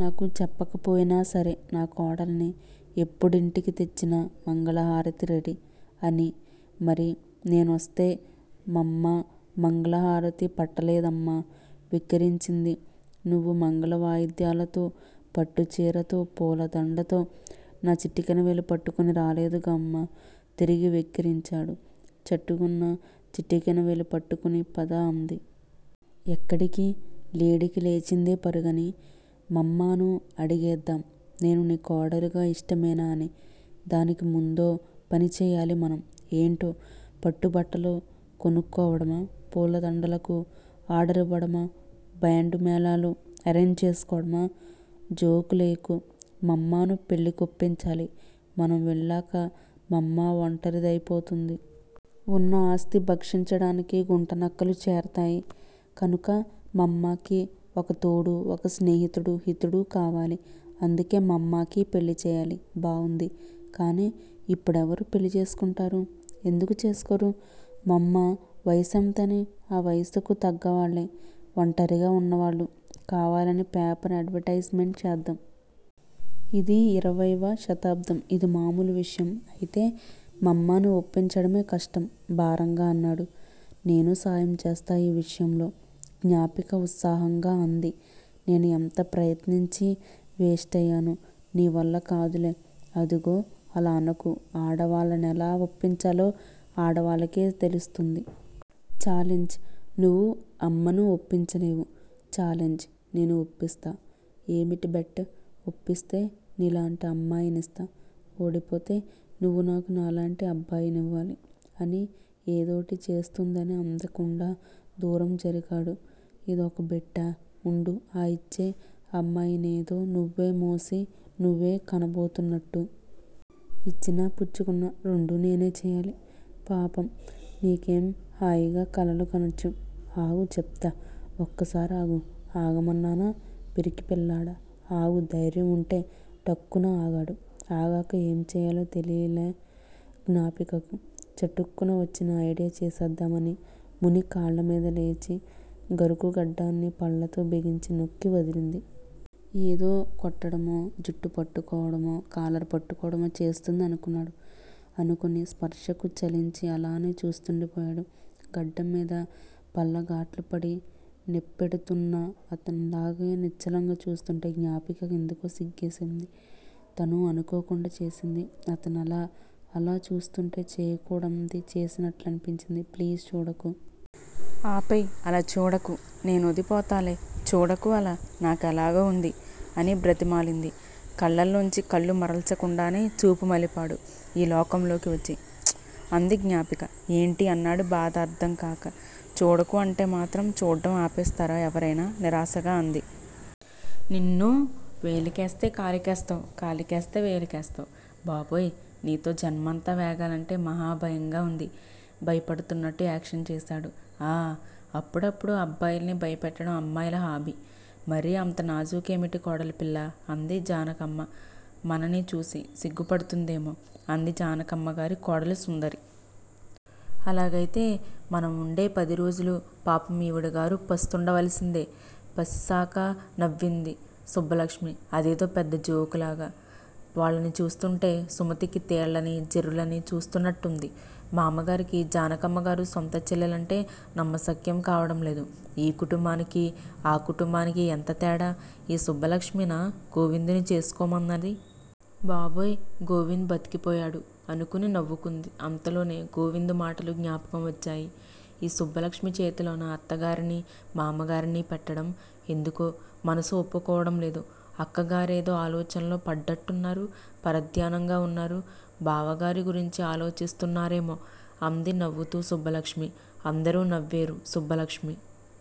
నాకు చెప్పకపోయినా సరే నా కోడల్ని ఎప్పుడింటికి తెచ్చినా మంగళహారతి రెడీ' అని! మరి, నేనొస్తే మమ్మా మంగళహారతి పట్టలేదేమ్మా?! వెక్కిరించింది. నువ్వు మంగళవాయిద్యాలతో, పట్టుచీరతో, పూలదందతో, నా చిటికెన వేలు పట్టుకుని రాలేదుగామ్మా! తిరిగి వెక్కిరించాడు. చటుకున్న చిటికెన వేలు పట్టుకుని, పద! అంది. ఎక్కడికీ లేడికి లేచిందే పరుగని?! మమ్మాను అడిగేద్దాం- 'నేను నీ కోడలుగా ఇష్టమేనా ' అని! దానికి ముందో పని చెయ్యాలి మనం! ఏంటో?! పట్టుబట్టల కొనుక్కోవడమా? పూలదండలకు ఆర్దరివ్వడమా? బాండూ, మేళాలు అరేంజ్ చేసుకోవడమా? జోకులెయ్యకు! మమ్మాను పెళ్ళికొప్పించాలి! మనం వెళ్లాక మమ్మా ఒంటరి దయిపోతుంది. ఉన్న ఆస్తి భక్షించడానికి గుంటనక్కలు చేరతాయి. కనుక మమ్మాకి ఒక తోడూ, ఒక స్నేహితుడూ, హితుడు కావాలి! అందుకే మమ్మాకి పెళ్ళి చెయ్యాలి. బావుంది! కానీ, ఇప్పుడెవరు పెళ్ళి చేసుకుంటారు? ఎందుకు చేసుకోరు? మామ్మా వయ సెంతని? ఆ వయసుకు తగ్గవాళ్ళే, ఒంటరిగా ఉన్నవాళ్ళు కావాలని పేపర్ అడ్వటైజ్ మెంట్ చేద్దాం! ఇది ఇరవై వ శతాబ్దం ఇది మామూలు విషయం! అయితే మమ్మాను ఒప్పించడమే కష్టం! భారంగా అన్నాడు. నేనూ సాయం చేస్తా ఈ విషయంలో! జ్ఞాపిక ఉత్సాహంగా అంది. నేను ఎంత ప్రయత్నించీ వేస్టయ్యాను. నీవల్ల కాదులే! అదుగో అలా అనకు! ఆడవాళ్ళనెలా ఒప్పించాలో ఆడవాళ్ళకే తెలుస్తుంది. ఛాలెంజ్! నువ్వు అమ్మను ఒప్పించలేవు. ఛాలెంజ్! నేను ఒప్పిస్తా! ఏవిటి బెట్? ఒప్పిస్తే నీలాంటి అమ్మాయినిస్తా! ఓడిపోతే నువ్వు నాకు నాలాంటి అబ్బాయినివ్వాలి! అని ఏదోటి చేస్తుందని అందకుండా దూరం జరిగాడు. ఇదొక బెట్టా! ఉండు ఆ ఇచ్చే అమ్మాయినేదో నువ్వే మోసి, నువ్వే కనబోతున్నాట్టు! ఇచ్చినా, పుచ్చుకున్నా రెండూ నేనే చెయ్యాలి! పాపం- నీకేం హాయిగా కలలు కనొచ్చు! ఆగు చెప్తా! ఒక్కసారి ఆగు! ఆగమన్నానా పిరికిపిల్లాడా- ఆగు దైర్యం ఉంటే! ఠక్కున ఆగాడు! ఆగాక ఏంచెయ్యాలో తెలీలా గ్నపికకు! చటుక్కున వచ్చిన ఐడియా చేసేద్దామని మునికాళ్ల మీద లేచి గరుకుగడ్డాన్ని పళ్లతో బిగించి నొక్కి వదిలింది. ఏదో కొట్టడమో, జుట్టు పట్టుకోవడమో, కాలర్ పట్టుకోవడమో చేస్తుంది అనుకున్నాడు. అనుకొని స్పర్శకు చలించి అలానే చూస్తుండిపోయాడు. గడ్డంమీద పళ్లగాట్లు పడి నెప్పెడుతున్నా అతనలాగే నిశ్చలంగా చూస్తుంటే జ్ఞాపిక కెందుకో సిగ్గేసింది! తనూ అనుకోకుండా చేసింది. అతనలా, అలా చూస్తూంటే చేయకూడంది చేసినట్లనిపించింది. ప్లీజ్ చూడకూ! ఆ పేయ్ఁ అలా చూడకూ! నేనోదిపోతాలే- చూడకూ అలా! నాకెలాగో ఉంది! అని బ్రతిమాలింది. కళ్ళలోంచి కళ్ళు మరల్చకుండానే చూపు మలిపాడు- ఈ లోకంలోకి వచ్చి. ష్చ్ అంది జ్ఞాపిక. ఏంటి? అన్నాడు బాధ అర్థంకాక. చూడకూ అంటే మాత్రం చూడ్డం ఆపేస్తారా ఎవరయినా?! నిరాశాగా అంది. నిన్నూ! వేలికేస్తే కాలికేస్తావ్, కాలికేస్తే వేలికేస్తావ్! బాబోయ్ఁ నీతో జన్మంతా వేగాలంటే మహా భయంగా ఉంది! భయపడుతున్నట్టు యాక్షన్ చేశాడు. ఆఁ అప్పుడప్పుడు అబ్బాయిల్ని భయపెట్టడం అమ్మాయిల హాబీ! మరీ అంత నాజుకేమిటి కోడలుపిల్లా? అంది జానకమ్మ మనని చూసి సిగ్గు పడుతుందేమో! అంది జానకమ్మగారి కోడలు సుందరి. అలాగయితే మనంవుండే పదిరోజులూ పాపం ఈవిడగారు పస్తుండవలసిందే పపిసకా నవ్వింది సుబ్బలక్ష్మి అదేదో పెద్ద జోకులాగా. వాళ్ళని చూస్తుంటే సుమతికి తేళ్ళనీ, జెర్రులనీ చూస్తూన్నట్టుంది. మామగారికి జానకమ్మగారు స్వంత చేల్లెలంటే నమ్మశక్యం కావడంలేదు. ఈ కుటుంబానికీ ఆ కుటుంబానికీ ఎంతతేడా! ఈ సుబ్బలక్ష్మినా, గోవిందుని చేసుకొమన్నది? బాబోయ్ గోవింద్ బతికిపోయాడు అనుకుని నవ్వుకుంది అంతలోనే గోవిందు మాటలు జ్ఞాపకం వచ్చాయి. ఈ సుబ్బలక్ష్మి చేతిలోనా అత్తగారినీ, మామగారినీ పెట్టడం? ఎందుకో మనసు ఒప్పుకోవడంలేదు. అక్కగారేదో ఆలోచనలో పడ్డట్టున్నారు. పరధ్యానంగా వున్నారు. బావాగారి గురించి ఆలోచిస్తున్నారేమో! అంది నవ్వుతూ సుబ్బలక్ష్మి. అందరూ నవ్వేరు. సుబ్బలక్ష్మి